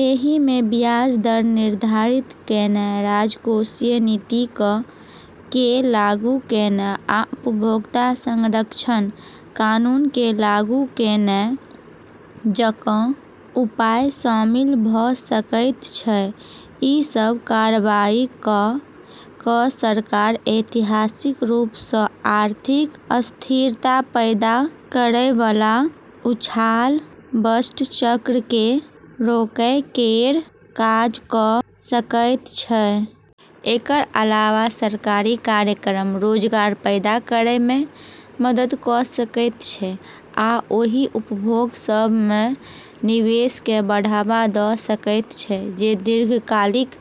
एहिमे ब्याज दर निर्धारित कयनाय, राजकोषीय नीतियक केँ लागू कयनाय, आ उपभोक्ता-संरक्षण कानून केँ लागू कयनाय जकाँ उपाय शामिल भऽ सकैत छै। ई सब कार्रवाई कऽ कऽ सरकार ऐतिहासिक रूप सँ आर्थिक अस्थिरता पैदा करयवला उछाल-बस्ट चक्र केँ रोकै केर काज कऽ सकैत छै। एकर अलावा सरकारी कार्यक्रम रोजगार पैदा करै मे मदद कऽ सकैत छै आ ओहि उद्योग सभ मे निवेश केँ बढ़ावा दऽ सकैत छै जे दीर्घकालिक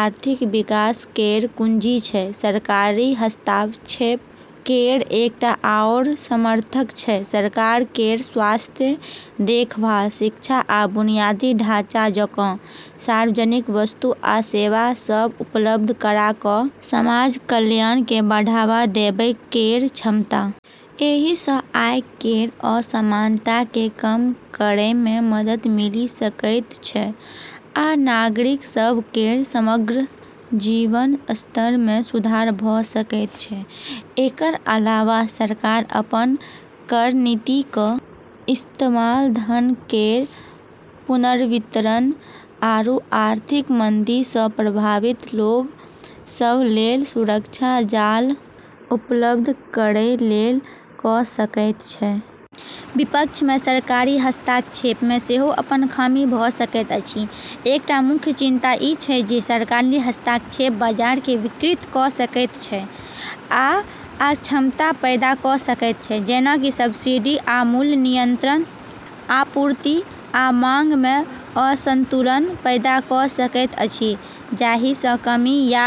आर्थिक विकास केर कुंजी छै। सरकारी हस्तक्षेप केर एकटा आओर समर्थक छै सरकार केर स्वास्थ्य देखभाल, शिक्षा, आ बुनियादी ढाँचा जकाँ सार्वजनिक वस्तु आ सेवा सभ उपलब्ध करा कऽ समाज कल्याण केँ बढ़ावा देबै केर क्षमता। एहि सँ आय केर असमानता केँ कम करै मे मदद मिलि सकैत छै आ नागरिक सभ केर समग्र जीवन स्तर मे सुधार भऽ सकैत छै। एकर अलावा सरकार अपन कर नीतिक इस्तेमाल धन केर पुनर्वितरण आरू आर्थिक मंदी सँ प्रभावित लोक सभ लेल सुरक्षा जाल उपलब्ध करै लेल कऽ सकैत छै। विपक्ष मे सरकारी हस्तक्षेप मे सेहो अपन खामी भऽ सकैत अछि। एकटा मुख्य चिंता ई छै जे सरकारी हस्तक्षेप बाजार केँ विकृत कऽ सकैत छै आ अक्षमता पैदा कऽ सकैत छै। जेना कि सब्सिडी आ मूल्य नियंत्रण आपूर्ति आ मांग मे असंतुलन पैदा कऽ सकैत अछि, जाहि सँ कमी या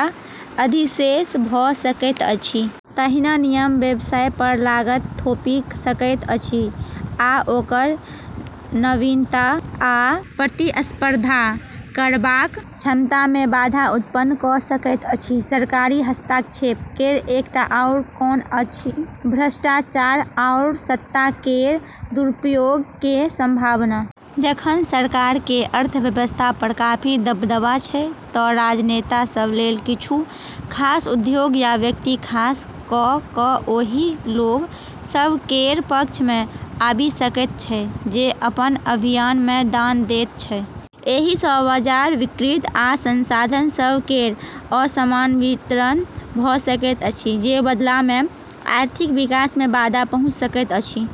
अधिशेष भऽ सकैत अछि। तहिना नियम व्यवसाय पर लागत थोपि सकैत अछि आ ओकर नवीनता आ प्रतिस्पर्धा करबाक क्षमता मे बाधा उत्पन्न कऽ सकैत अछि। सरकारी हस्तक्षेप केर एकटा आओर कॉन अछि भ्रष्टाचार आओर सत्ता केर दुरुपयोग केर संभावना। जखन सरकार केर अर्थव्यवस्था पर काफी दबदबा छै तँ राजनेता सभ लेल किछु खास उद्योग या व्यक्ति खास कऽ कऽ ओहि लोक सभ केर पक्ष मे आबि सकैत छै जे अपन अभियान मे दान दैत छै। एहि सँ बाजार विकृत आ संसाधन सभ केर असमान वितरण भऽ सकैत अछि, जे बदला मे आर्थिक विकास मे बाधा पहुँचा सकैत अछि।